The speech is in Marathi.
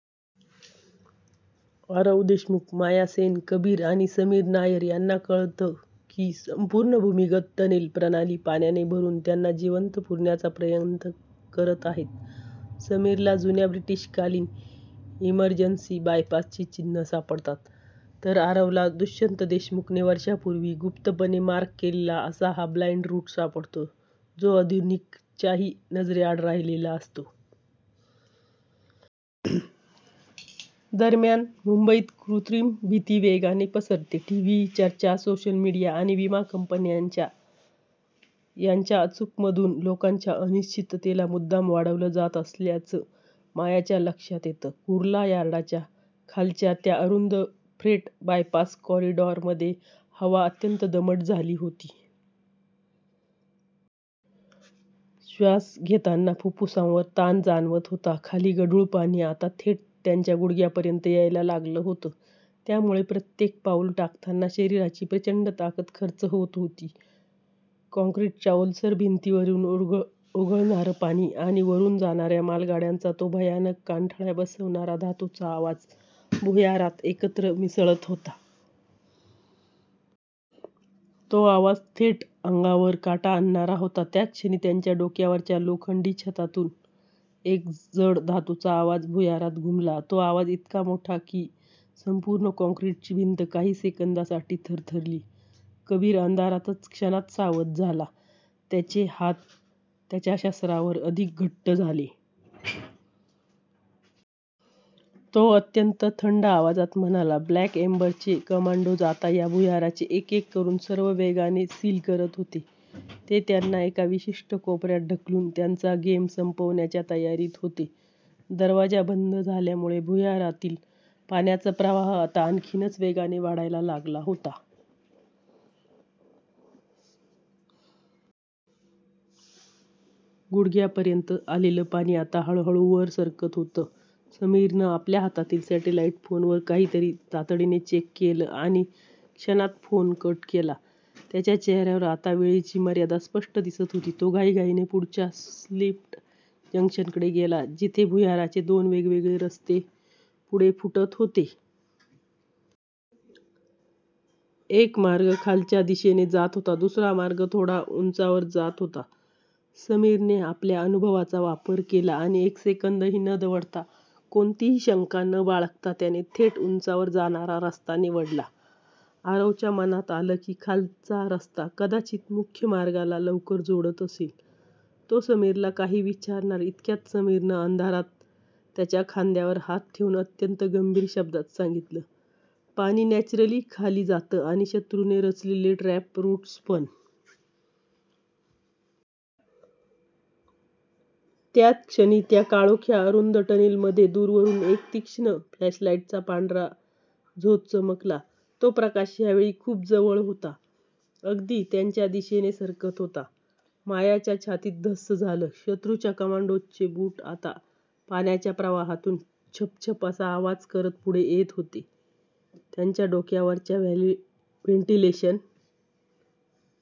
आरव देशमुख, माया सेन, कबीर आणि समीर नायर यांना कळतं की संपूर्ण भूमिगत टनेल प्रणाली पाण्याने भरून त्यांना जिवंत पुरण्याचा प्रयत्न करत आहे. समीरला जुन्या ब्रिटिशकालीन इमर्जन्सी बायपासची चिन्हं सापडतात, तर आरवला दुष्यंत देशमुखने वर्षांपूर्वी गुप्तपणे मार्क केलेला असा "ब्लाइंड रूट" सापडतो, जो आधुनिक च्याही नजरेआड राहिलेला असतो. दरम्यान मुंबईत कृत्रिम भीती वेगाने पसरते. टीव्ही चर्चा, सोशल मीडिया आणि विमा कंपन्यांच्या यांच्या अचूक मधून लोकांच्या अनिश्चिततेला मुद्दाम वाढवलं जात असल्याचं मायाच्या लक्षात येतं. कुर्ला यार्डाच्या खालच्या त्या अरुंद 'फ्रेट बायपास कॉरिडॉर'मध्ये हवा अत्यंत दमट झाली होती. श्वास घेताना फुफ्फुसांवर ताण जाणवत होता. खाली गढूळ पाणी आता थेट त्यांच्या गुडघ्यापर्यंत यायला लागलं होतं, ज्यामुळे प्रत्येक पाऊल टाकताना शरीराची प्रचंड ताकद खर्च होत होती. काँक्रीटच्या ओलसर भिंतींवरून ओघळणारं पाणी आणि वरून जाणाऱ्या मालगाड्यांचा तो भयानक, कानठळ्या बसवणारा धातूचा आवाज भुयारात एकत्र मिसळत होता. तो आवाज थेट अंगावर काटा आणणारा होता. त्याच क्षणी त्यांच्या डोक्यावरच्या लोखंडी छतातून एक जड धातूचा आवाज भुयारात घुमला. तो आवाज इतका मोठा होता की, संपूर्ण काँक्रीटची भिंत काही सेकंदांसाठी थरथरली. कबीर अंधारातच क्षणात सावध झाला, त्याचे हात त्याच्या शस्त्रावर अधिक घट्ट झाले. तो अत्यंत थंड आवाजात म्हणाला, 'ब्लॅक एम्बर'चे कमांडोज आता या भुयाराचे एक-एक करून सर्व वेगाने सील करत होते. ते त्यांना एका विशिष्ट कोपऱ्यात ढकलून त्यांचा गेम संपवण्याच्या तयारीत होते. दरवाजा बंद झाल्यामुळे भुयारातील पाण्याचा प्रवाह आता आणखीनच वेगाने वाढायला लागला होता. गुडघ्यापर्यंत आलेलं पाणी आता हळूहळू वर सरकत होतं. समीरने आपल्या हातातील सॅटेलाईट फोनवर काहीतरी तातडीने चेक केलं आणि क्षणात फोन कट केला. त्याच्या चेहऱ्यावर आता वेळेची मर्यादा स्पष्ट दिसत होती. तो घाईघाईने पुढच्या स्प्लिट जंक्शनकडे गेला, जिथे भुयाराचे दोन वेगवेगळे रस्ते पुढे फुटत होते. एक मार्ग खालच्या दिशेने जात होता. दुसरा मार्ग थोडा उंचावर जात होता. समीरने आपल्या अनुभवाचा वापर केला आणि एक सेकंदही न दवडता, कोणतीही शंका न बाळगता त्याने थेट उंचावर जाणारा रस्ता निवडला. आरवच्या मनात आलं की, खालचा रस्ता कदाचित मुख्य मार्गाला लवकर जोडत असेल, तो समीरला काही विचारणार इतक्यात समीरने अंधारात त्याच्या खांद्यावर हात ठेवून अत्यंत गंभीर शब्दात सांगितलं, "पाणी नॅचरली खाली जातं आणि शत्रूने रचलेले ट्रॅप रूट्स पण! " त्याच क्षणी त्या काळोख्या, अरुंद टनेलमध्ये दूरवरून एक तीक्ष्ण फ्लॅशलाईटचा पांढरा झोत चमकला. तो प्रकाश यावेळी खूपच जवळ होता, अगदी त्यांच्या दिशेनेच सरकत होता. मायाच्या छातीत धस्स झालं; शत्रूच्या कमांडोजचे बूट आता पाण्याच्या प्रवाहातून छपछप असा आवाज करत पुढे येत होते. त्यांच्या डोक्यावरच्या वेंटिलेशन